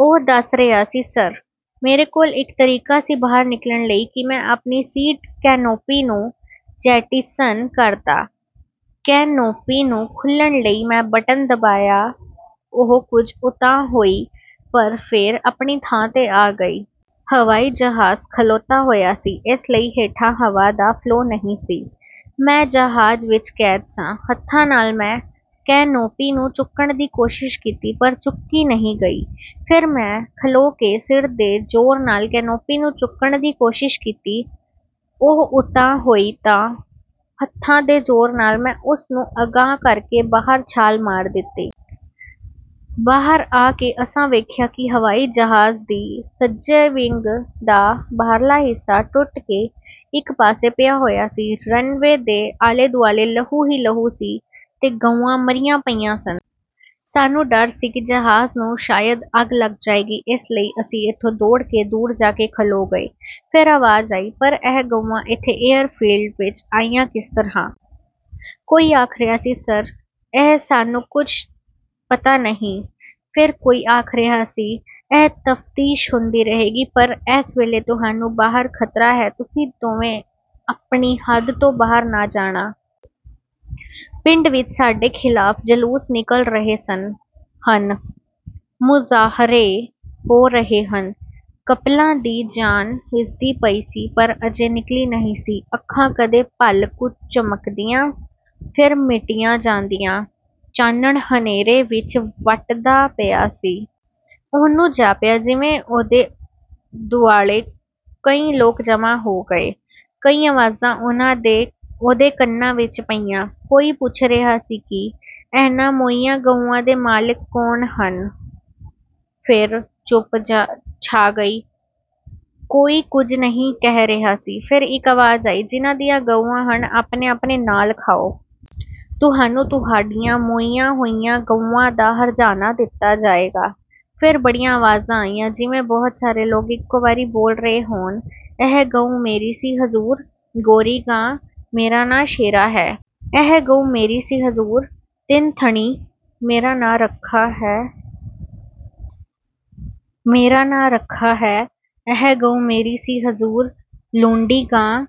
ਉਹ ਦੱਸ ਰਿਹਾ ਸੀ "ਸਰ! ਮੇਰੇ ਕੋਲ ਇਕੋ ਤਰੀਕਾ ਸੀ ਬਾਹਰ ਨਿਕਲਣ ਲਈ ਕਿ ਮੈਂ ਆਪਣੀ ਸੀਟ ਕੈਨੋਪੀ ਨੂੰ ਜੈਟੀਸਨ ਕਰਦਾ। ਕੈਨੋਪੀ ਨੂੰ ਖੋਲ੍ਹਣ ਲਈ ਮੈਂ ਬਟਨ ਦਬਾਇਆ, ਉਹ ਕੁਝ ਉਤਾਂਹ ਹੋਈ ਪਰ ਫੇਰ ਆਪਣੀ ਥਾਂ ਤੇ ਆ ਗਈ। ਹਵਾਈ ਜਹਾਜ਼ ਖਲੋਤਾ ਹੋਇਆ ਸੀ, ਇਸ ਲਈ ਹੇਠਾਂ ਹਵਾ ਦਾ ਫਲੋਅ ਨਹੀਂ ਸੀ। ਮੈਂ ਜਹਾਜ਼ ਵਿਚ ਕੈਦ ਸਾਂ। ਹੱਥਾਂ ਨਾਲ ਮੈਂ ਕੈਨੋਪੀ ਨੂੰ ਚੁੱਕਣ ਦੀ ਕੋਸ਼ਿਸ਼ ਕੀਤੀ ਪਰ ਚੁੱਕੀ ਨਹੀਂ ਗਈ। ਫੇਰ ਮੈਂ ਖਲੋ ਕੇ ਸਿਰ ਦੇ ਜ਼ੋਰ ਨਾਲ ਕੈਨੋਪੀ ਨੂੰ ਚੁੱਕਣ ਦੀ ਕੋਸ਼ਿਸ਼ ਕੀਤੀ, ਉਹ ਉਤਾਂਹ ਹੋਈ ਤਾਂ ਹੱਥਾਂ ਦੇ ਜ਼ੋਰ ਨਾਲ, ਮੈਂ ਉਸ ਨੂੰ ਅਗਾਂਹ ਕਰਕੇ ਬਾਹਰ ਛਾਲ ਮਾਰ ਦਿੱਤੀ। ਬਾਹਰ ਆ ਕੇ ਅਸਾਂ ਵੇਖਿਆ ਕਿ ਹਵਾਈ ਜਹਾਜ਼ ਦੀ ਸੱਜੇ ਵਿੰਗ ਦਾ, ਬਾਹਰਲਾ ਹਿੱਸਾ ਟੁੱਟ ਕੇ, ਇਕ ਪਾਸੇ ਪਿਆ ਹੋਇਆ ਸੀ। ਰਨ ਵੇ ਦੇ ਆਲੇ-ਦੁਆਲੇ, ਲਹੂ ਹੀ ਲਹੂ ਸੀ, ਤੇ ਗਊਆਂ ਮਰੀਆਂ ਪਈਆਂ ਸਨ। ਸਾਨੂੰ ਡਰ ਸੀ ਕਿ ਜਹਾਜ਼ ਨੂੰ ਸ਼ਾਇਦ ਅੱਗ ਲੱਗ ਜਾਏਗੀ, ਇਸ ਲਈ ਅਸੀਂ ਇਥੋਂ ਦੌੜ ਕੇ ਦੂਰ ਜਾ ਕੇ ਖਲੋ ਗਏ।" ਫੇਰ ਆਵਾਜ਼ ਆਈ "ਪਰ ਇਹ ਗਊਆਂ ਏਥੇ ਏਅਰ ਫੀਲਡ ਵਿਚ ਆਈਆਂ ਕਿਸ ਤਰ੍ਹਾਂ?" ਕੋਈ ਆਖ ਰਿਹਾ ਸੀ "ਸਰ! ਇਹ ਸਾਨੂੰ ਕੁਝ ਪਤਾ ਨਹੀਂ।" ਫੇਰ ਕੋਈ ਆਖ ਰਿਹਾ ਸੀ "ਇਹ ਤਫਤੀਸ਼ ਹੁੰਦੀ ਰਹੇਗੀ ਪਰ ਐਸ ਵੇਲੇ ਤੁਹਾਨੂੰ ਬਾਹਰ ਖ਼ਤਰਾ ਹੈ। ਤੁਸੀਂ ਦੋਵੇਂ ਆਪਣੀ ਹੱਦ ਤੋਂ ਬਾਹਰ ਨਾ ਜਾਣਾ। ਪਿੰਡ ਵਿਚ ਸਾਡੇ ਖ਼ਿਲਾਫ ਜਲੂਸ ਨਿਕਲ ਰਹੇ ਹਨ, ਮੁਜ਼ਾਹਰੇ ਹੋ ਰਹੇ ਹਨ।" ਕਪਿਲਾ ਦੀ ਜਾਨ ਹਿਸਦੀ ਪਈ ਸੀ ਪਰ ਅਜੇ ਨਿਕਲੀ ਨਹੀਂ ਸੀ। ਅੱਖਾਂ ਕਦੇ ਪਲ ਕੁ ਝਮਕਦੀਆਂ, ਫੇਰ ਮੀਟੀਆਂ ਜਾਂਦੀਆਂ। ਚਾਨਣ ਹਨੇਰੇ ਵਿਚ ਵਟਦਾ ਪਿਆ ਸੀ। ਉਹਨੂੰ ਜਾਪਿਆ ਜਿਵੇਂ ਉਹਦੇ ਦੁਆਲੇ ਕਈ ਲੋਕ ਜਮ੍ਹਾਂ ਹੋ ਗਏ। ਕਈ ਆਵਾਜ਼ਾਂ ਉਹਦੇ ਕੰਨਾਂ ਵਿਚ ਪਈਆਂ… ਕੋਈ ਪੁੱਛ ਰਿਹਾ ਸੀ "ਇਹਨਾਂ ਮੋਈਆਂ ਗਊਆਂ ਦੇ ਮਾਲਕ ਕੌਣ ਹਨ?" ਫੇਰ ਚੁੱਪ ਛਾ ਗਈ। ਕੋਈ ਕੁਝ ਨਹੀਂ ਕਹਿ ਰਿਹਾ ਸੀ… ਫੇਰ ਇਕ ਆਵਾਜ਼ ਆਈ "ਜਿਨ੍ਹਾਂ ਦੀਆਂ ਗਊਆਂ ਹਨ, ਆਪਣੇ ਆਪਣੇ ਨਾਂ ਲਿਖਾਉ! ਤੂਹਾਨੂੰ ਤੁਹਾਡੀਆਂ ਮੋਈਆਂ ਹੋਈਆਂ ਗਊਆਂ ਦਾ ਹਰਜ਼ਾਨਾ ਦਿੱਤਾ ਜਾਏਗਾ।" ਫੇਰ ਬੜੀਆਂ ਆਵਾਜ਼ਾਂ ਆਈਆਂ। ਜਿਵੇਂ ਬਹੁਤ ਸਾਰੇ ਲੋਕ ਇਕੋ ਵਾਰੀ ਬੋਲ ਰਹੇ ਹੋਣ। "ਇਹ ਗਊ ਮੇਰੀ ਸੀ ਹਜ਼ੂਰ! ਗੋਰੀ ਗਾਂ, ਮੇਰਾ ਨਾਂ ਸ਼ੇਰਾ ਹੈ।" "ਇਹ ਗਊ ਮੇਰੀ ਸੀ ਹਜ਼ੂਰ! ਤਿੰਨ ਥਣੀ ਮੇਰਾ ਨਾਂ ਰੱਖਾ ਹੈ।" "ਇਹ ਗਊ ਮੇਰੀ ਸੀ ਹਜ਼ੂਰ! ਲੁੰਡੀ ਗਾਂ।"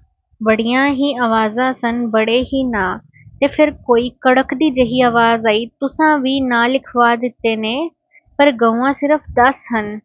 ਬੜੀਆਂ ਹੀ ਆਵਾਜ਼ਾਂ ਸਨ, ਬੜੇ ਹੀ ਨਾਂ, ਤੇ ਫੇਰ ਕੋਈ ਕੜਕਦੀ ਜਿਹੀ ਆਵਾਜ਼ ਆਈ "ਤੁਸਾਂ ਵੀਹ ਨਾਂ ਲਿਖਵਾ ਦਿੱਤੇ ਨੇ, ਪਰ ਗਊਆਂ ਸਿਰਫ ਦਸ ਸਨ।